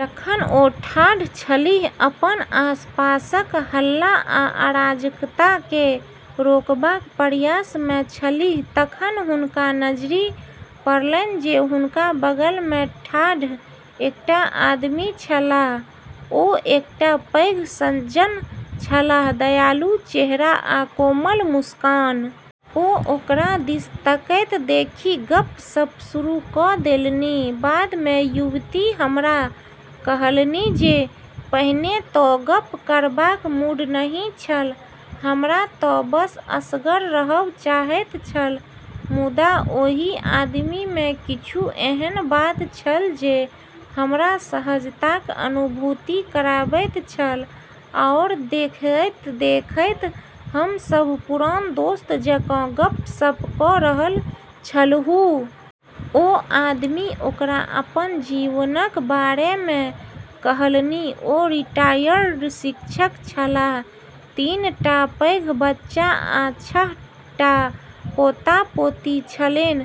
जखन ओ ठाढ़ छलीह, अपन आसपासक हल्ला आ अराजकता केँ रोकबाक प्रयास मे छलीह, तखन हुनका नजरि पड़लैन जे हुनका बगल मे ठाढ़ एकटा आदमी छलाह। ओ एकटा पैघ सज्जन छलाह, दयालु चेहरा आ कोमल मुस्कान। ओ ओकरा दिस तकैत देखि गप्प-सप्प शुरू कऽ देलनि। बाद मे युवती हमरा कहलनि जे, पहिने तँ गप्प करबाक मूड नहि छल। "हमरा तँ बस असगर रहब चाहैत छल। मुदा ओहि आदमी मे किछु एहन बात छल जे हमरा सहजताक अनुभूति कराबैत छल, आओर देखैत-देखैत हम सभ पुरान दोस्त जकाँ गप्प-सप्प कऽ रहल छलहुँ।" ओ आदमी ओकरा अपन जीवनक बारे मे कहलनि- ओ रिटायर्ड शिक्षक छलाह, तीन टा पैघ बच्चा आ छह टा पोता-पोती छलेन।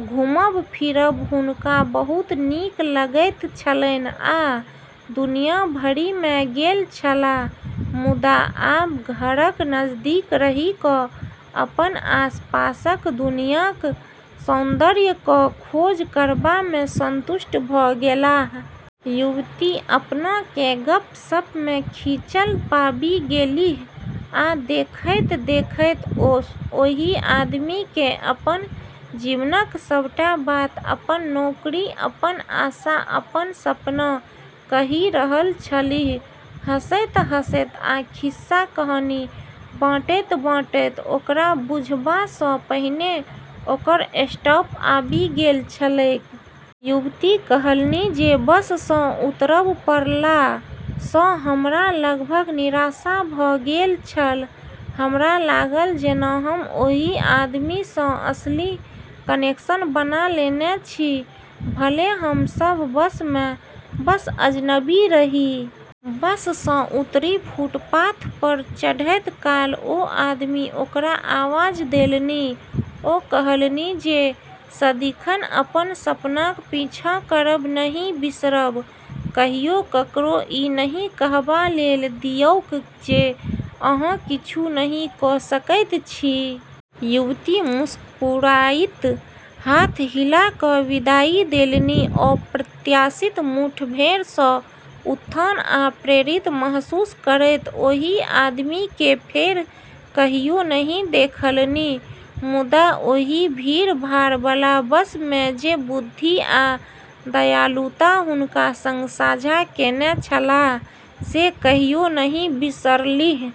घुमब-फिरब हुनका बहुत नीक लगैत छलैन आ दुनिया भरि मे गेल छलाह, मुदा आब घरक नजदीक रहि कऽ अपन आसपासक दुनियाक सौन्दर्यक खोज करबा मे संतुष्ट भऽ गेलाह। युवती अपना केँ गप्प-सप्प मे खींचल पाबि गेलीह, आ देखैत-देखैत ओ ओहि आदमी केँ अपन जीवनक सबटा बात- अपन नौकरी, अपन आशा, अपन सपना कहि रहल छलीह। हँसैत-हँसैत आ खिस्सा-कहानी बाँटैत-बाँटैत, ओकरा बुझबा सँ पहिने ओकर स्टॉप आबि गेल छलैक। युवती कहलनि जे, बस सँ उतरब पड़ला सँ हमरा लगभग निराशा भऽ गेल छल। "हमरा लागल जेना हम ओहि आदमी सँ असली कनेक्शन बना लेने छी, भले हम सभ बस मे बस अजनबी रही।" बस सँ उतरि फुटपाथ पर चढ़ैत काल ओ आदमी ओकरा आवाज देलनि। ओ कहलनि जे, सदिखन अपन सपनाक पीछा करब नहि बिसरब। "कहियो ककरो ई नहि कहबा लेल दियौक जे अहाँ किछु नहि कऽ सकैत छी।" युवती मुस्कुराइत हाथ हिला कऽ विदाई देलनि, अप्रत्याशित मुठभेड़ सँ उत्थान आ प्रेरित महसूस करैत। ओहि आदमी केँ फेर कहियो नहि देखलनि, मुदा ओहि भीड़-भाड़बला बस मे जे बुद्धि आ दयालुता हुनका सँग साझा केने छलाह से कहियो नहि बिसरलीह।